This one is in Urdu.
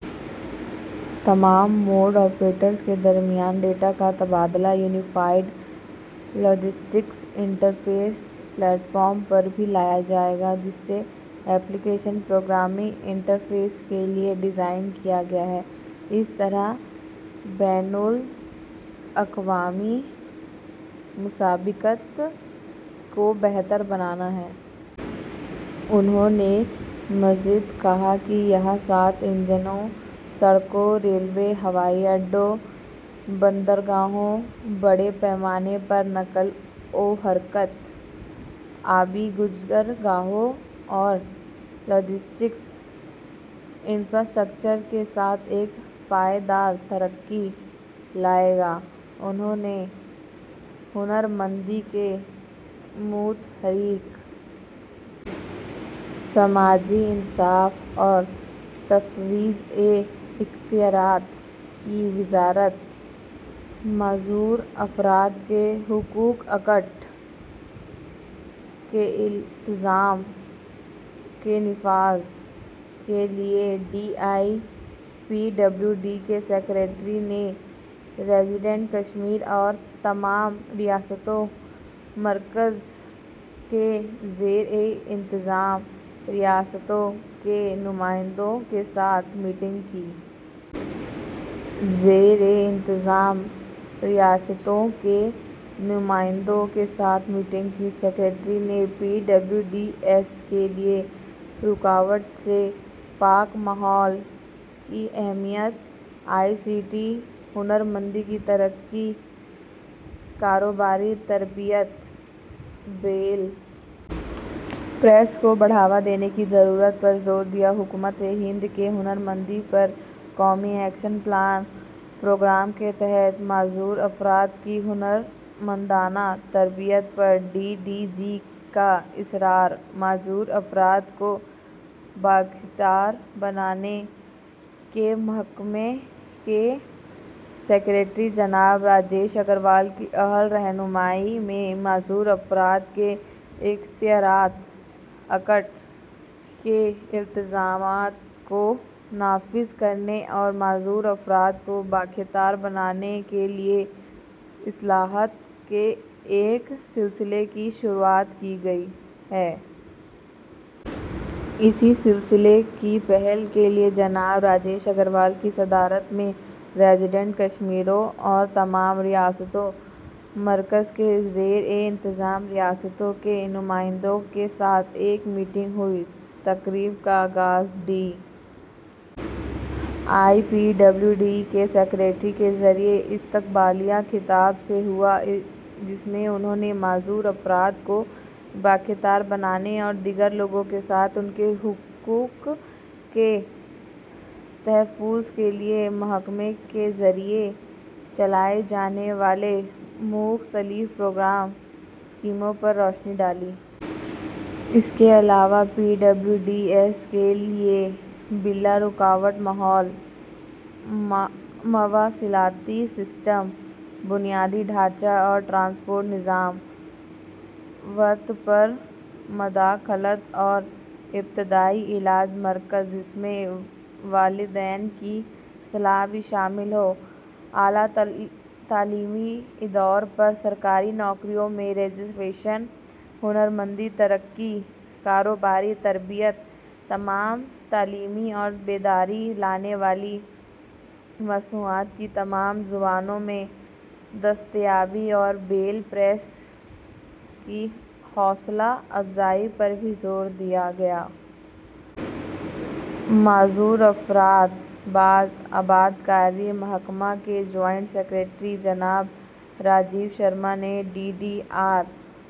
تمام موڈ آپریٹرز کے درمیان ڈیٹا کا تبادلہ unified logistics interface platform پر بھی لایا جائے گا، جسے اپلیکیشن پروگرامنگ انٹرفیس کے لیے ڈیزائن کیا گیا ہے۔ اس طرح بین الاقوامی مسابقت کو بہتر بنانا ہے۔ انہوں نے مزید کہا کہ یہ سات انجنوں سڑکوں، ریلوے، ہوائی اڈے، بندرگاہوں، بڑے پیمانے پر نقل و حمل، آبی گزرگاہوں اور لاجسٹکس انفراسٹرکچر کے ساتھ ایک پائیدار ترقی لائے گا۔ انہوں نے ہنر مندی کے متحرک. سماجی انصاف اور تفویض اختیارات کی وزارت ''معذور افراد کے حقوق ایکٹ ''کے التزامات کے نفاذ کے لئے D E P W D کے سیکریٹری نے ریزینڈنٹ کمشنر اور تمام ریاستوں ؍مرکز کے زیر انتظام ریاستوں کے نمائندوں کے ساتھ میٹنگ کی سیکریٹری نے پی ڈبلیو ڈی ایس کے لئے رُکاوٹ سے پاک ماحول کی اہمیت، آئی سی ٹی ہنرمندی کی ترقی ؍کاروباری تربیت ، بریل پریس کو بڑھاوا دینے کی ضرورت پر زور دیا حکومت ہند کے ''ہنرمندی پر قومی ایکشن پلان''پروگرام کے تحت معذور افراد کی ہنرمندانہ تربیت پر ڈی ڈی جی کا اصرار معذور افراد کو بااختیار بنانے کے محکمے کے سیکریٹری جناب راجیش اگروال کی اہل رہنمائی میں ''معذور افراد کےاختیارات ایکٹ ''کے التزامات کو نافذ کرنے اور معذور افراد کو بااختیار بنانے کے لئےاصلاحات کے ایک سلسلے کی شروعا ت کی گئی ہے۔ اسی سلسلے کی پہل کے لئے جناب راجیش اگروال کی صدارت میں ریزیڈنٹ کمشنروں اور تمام ریاستوں؍ مرکز کے زیر انتظام ریاستوں کے نمائندوں کے ساتھ ایک میٹنگ ہوئی۔ تقریب کا آغاز D E P W D کے سیکریٹری کے ذریعے استقبالیہ خطاب سے ہوا، جس میں انہوں نے معذور افراد کو بااختیار بنانے اور دیگر لوگوں کے ساتھ ان کے حقوق کے تحفظ کے لئے محکمے کے ذریعے چلائے جانے والے مختلف پروگرام ؍اسکیموں پر روشنی ڈالی۔ اس کے علاوہ پی ڈبلیو ڈی ایس کے لئے بلارُکاوٹ ماحول ، مواصلاتی سسٹم، بنیادی ڈھانچہ اور ٹرانسپورٹ نظام، وقت پر مداخلت اور ابتدائی علاج مرکز ، جس میں والدین کی صلاح بھی شامل ہو، اعلیٰ تعلیمی اداروں اور سرکاری نوکریوں میں ریزرویشن، ہنرمندی ترقی؍کاروباری تربیت ، تمام تعلیمی اور بیداری لانے والی مصنوعات کی تمام زبانوں میں دستیابی اور بریل پریس کی حوصلہ افزائی پر بھی زو ردیا گیا۔ معذور افراد باز آبادکاری محکمہ کے جوائنٹ سیکریٹری جناب راجیو شرما نے ڈی ڈی آر